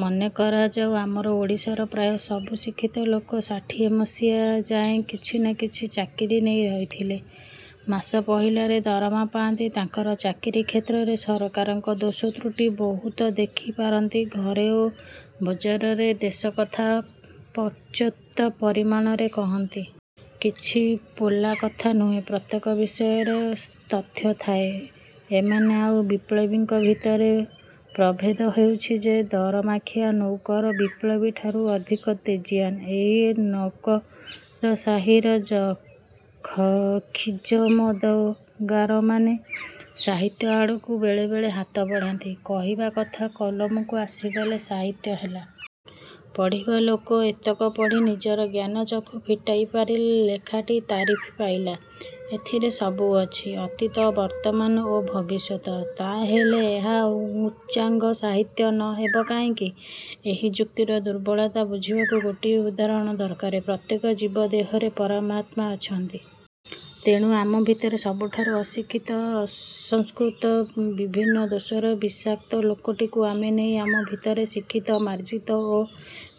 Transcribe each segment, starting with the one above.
ମନେ କରାଯାଉ ଆମର ଓଡ଼ିଶାରେ ପ୍ରାୟେ ସବୁ ଶିକ୍ଷିତ ଲୋକ ଷାଠିଏ ମସିହାଯାଏ କିଛି ନା କିଛି ଚାକିରି ନେଇ ରହିଥିଲେ। ମାସ ପହିଲାରେ ଦରମା ପାଆନ୍ତି। ତାଙ୍କର ଚାକିରି କ୍ଷେତ୍ରରେ ସରକାରଙ୍କର ଦୋଷ ତୃଟି ବୋହୁତ ଦେଖି ପାରନ୍ତି। ଘରେ ଓ ବଜାରରେ ଦେଶକଥା ପର୍ଯ୍ୟପ୍ତ ପରିମାଣରେ କହନ୍ତି। କିଛି ପୋଲା କଥା ନୁହେଁ। ପ୍ରତ୍ୟେକ ବିଷୟରେ ତଥ୍ୟ ଥାଏ। ଏମାନେ ଆଉ ବିପ୍ଳବୀଙ୍କ ଭିତରେ ପ୍ରଭେଦ ହେଉଛି ଯେ ଦରମାଖିଆ ନୌକର ବିପ୍ଳବୀଠାରୁ ଅଧିକ ତେଜିୟାନ୍। ଏହି ନୌକରସାହୀର ଜ୍ ଖ ଖିଜମଦଗାରମାନେ ସାହିତ୍ୟ ଆଡ଼କୁ ବେଳେବେଳେ ହାତ ବଢ଼ାନ୍ତି। କହିବା କଥା କଲମକୁ ଆସିଗଲେ ସାହିତ୍ୟ ହେଲା। ପଢ଼ିବା ଲୋକ ଏତକ ପଢ଼ି ନିଜର ଜ୍ଞାନଚକ୍ଷୁ ଫିଟାଇ ପାରିଲେ ଲେଖାଟି ତାରିଫ୍ ପାଇଲା। ଏଥିରେ ସବୁ ଅଛି। ଅତୀତ, ବର୍ତ୍ତମାନ୍ ଓ ଭବିଷ୍ୟତ୍। ତାହାହେଲେ ଏହା ଉଚ୍ଚାଙ୍ଗ ସାହିତ୍ୟ ନ ହେବ କାହିଁକି? ଏହି ଯୁକ୍ତିର ଦୁର୍ବଳତା ବୁଝିବାକୁ ଗୋଟିଏ ଉଦାହରଣ ଦରକାର। ପ୍ରତ୍ୟେକ ଜୀବ ଦେହରେ ପରମାତ୍ମା ଅଛନ୍ତି। ତେଣୁ ଆମ ଭିତରେ ସବୁଠାରୁ ଅଶିକ୍ଷିତ, ଅସଂସ୍କୃତ, ବିଭିନ୍ନ ଦୋଷରେ ବିଷାକ୍ତ ଲୋକଟିକୁ ଆମେ ନେଇ ଆମ ଭିତର ଶିକ୍ଷିତ, ମାର୍ଜିତ ଓ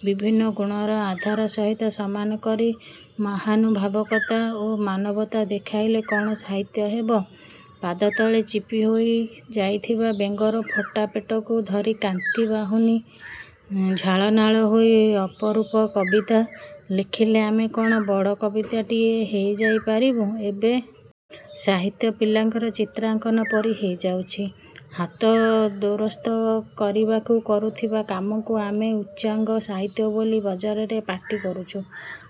ବିଭିନ୍ନ ଗୁଣର ଆଧାର ସହିତ ସମାନ କରି ମହାନୁଭାବକତା ଓ ମାନବତା ଦେଖାଇଲେ କ'ଣ ସାହିତ୍ୟ ହେବ? ପାଦତଳେ ଚିପି ହୋଇ ଯାଇଥିବା ବେଙ୍ଗର ଫଟା ପେଟକୁ ଧରି କାନ୍ତି ବାହୁନି ଝାଳନାଳ ହୋଇ ଅପରୂପ କବିତା ଲେଖିଲେ ଆମେ କ'ଣ ବଡ଼ କବିଟିଏ ହେଇଯାଇ ପାରିବୁ? ଏବେ ସାହିତ୍ୟ ପିଲାଙ୍କର ଚିତ୍ରାଙ୍କନ ପରି ହେଇଯାଉଛି। ହାତ ଦୋରସ୍ତ କରିବାକୁ କରୁଥିବା କାମକୁ ଆମେ ଉଚ୍ଚାଙ୍ଗ ସାହିତ୍ୟ ବୋଲି ବଜାରରେ ପାଟି କରୁଛୁ।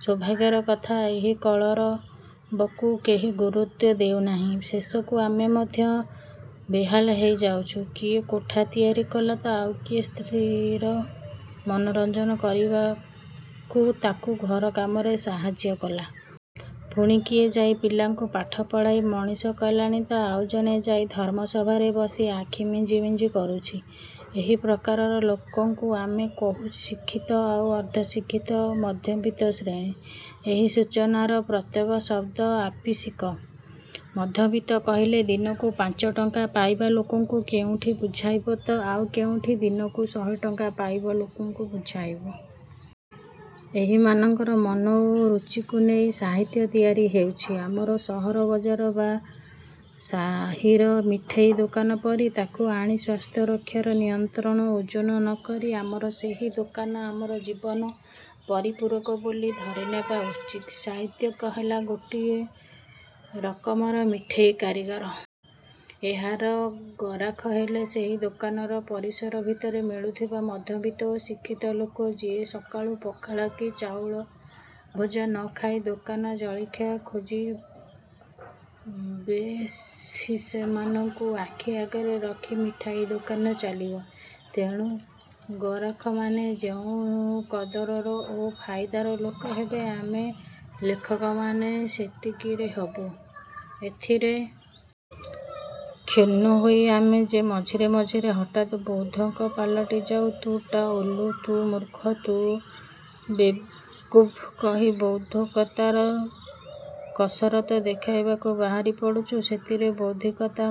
ସୌଭାଗ୍ୟର କଥା ଏହି କଳରବକୁ କେହି ଗୁରୁତ୍ୱ ଦେଉ ନାହିଁ। ଶେଷକୁ ଆମେ ମଧ୍ୟ ବେହାଲ ହେଇ ଯାଉଛୁ। କିଏ କୋଠା ତିଆରି କଲା ତ ଆଉ କିଏ ସ୍ତ୍ରୀର ମନୋରଞ୍ଜନ କରିବାକୁ ତାକୁ ଘର କାମରେ ସାହାଯ୍ୟ କଲା। ପୁଣି କିଏ ଯାଇ ପିଲାଙ୍କୁ ପାଠପଢ଼ାଇ ମଣିଷ କଲାଣି ତ ଆଉ ଜଣେ ଯାଇ ଧର୍ମସଭାରେ ବସି ଆଖି ମିଞ୍ଜି ମିଞ୍ଜି କରୁଛି। ଏହି ପ୍ରକାରର ଲୋକଙ୍କୁ ଆମେ କହୁ ଶିକ୍ଷିତ ଆଉ ଅର୍ଦ୍ଧଶିକ୍ଷିତ ମଧ୍ୟବିତ୍ତ ଶ୍ରେଣୀ। ଏହି ସୂଚନାର ପ୍ରତ୍ୟେକ ଶବ୍ଦ ଆପେଷିକ। ମଧ୍ୟବିତ୍ତ କହିଲେ ଦିନକୁ ପାଞ୍ଚଟଙ୍କା ପାଇବା ଲୋକଙ୍କୁ କେଉଁଠି ବୁଝାଇବ ତ ଆଉ କେଉଁଠି ଦିନକୁ ଶହେଟଙ୍କା ପାଇବା ଲୋକକୁ ବୁଝାଇବ। ଏହିମାନଙ୍କର ମନ ଓ ରୁଚିକୁ ନେଇ ସାହିତ୍ୟ ତିଆରି ହେଉଛି। ଆମର ସହର ବଜାରର ବା ସାହୀର ମିଠେଇ ଦୋକାନ ପରି। ତା'କୁ ଆଣି ସ୍ୱାସ୍ଥ୍ୟରକ୍ଷାର ନିୟମରେ ଓଜନ ନ କରି ଆମର ସେହି ଦୋକାନ ଆମର ଜୀବନର ପରିପୂରକ ବୋଲି ଧରିନେବା ଉଚିତ୍। ସାହିତ୍ୟିକ ହେଲା ଗୋଟାଏ ରକମର ମିଠେଇ କାରିଗର। ଏହାର ଗରାଖ ହେଲେ ସେହି ଦୋକାନର ପରିସର ଭିତରେ ମିଳୁଥିବା ମଧ୍ୟବିତ୍ତ ଓ ଶିକ୍ଷିତ ଲୋକ। ଯିଏ ସକାଳୁ ପଖାଳ କି ଚାଉଳଭଜା ନ ଖାଇ ଦୋକାନଜଳଖିଆଖୋଜିବେଶଶି ସେମାନଙ୍କୁ ଆଖି ଆଗରେ ରଖି ମିଠାଇ ଦୋକାନ ଚାଲିବ। ତେଣୁ ଗରାଖମାନେ ଯେଉଁ କଦରର ଓ ଫାଇଦାର ଲୋକ ହେବେ ଆମେ ଲେଖକମାନେ ସେତିକିରେ ହେବୁ। ଏଥିରେ କ୍ଷୁଣ୍ଣ ହୋଇ ଆମେ ଯେ ମଝିରେ ମଝିରେ ହଠାତ୍ ବୌଦ୍ଧିକ ପାଲଟି ଯାଇ ତୁ ଟା ଓଲୁ, ତୁ ମୁର୍ଖ, ତୁ ବେକୁବ୍ କହି ବୌଦ୍ଧିକତାର କସରତ ଦେଖାଇବାକୁ ବାହାରି ପଡ଼ୁଚୁ ସେଥିରେ ବୌଦ୍ଧିକତା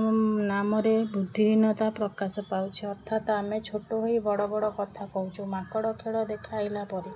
ନାମରେ ବୁଦ୍ଧିହୀନତା ପ୍ରକାଶ ପାଉଛି। ଅର୍ଥାତ୍ ଆମେ ଛୋଟ ହେଇ ବଡ଼ ବଡ଼ କଥା କୋହୁଚୁ। ମାଙ୍କଡ଼ ଖେଳ ଦେଖାଇଲା ପରି।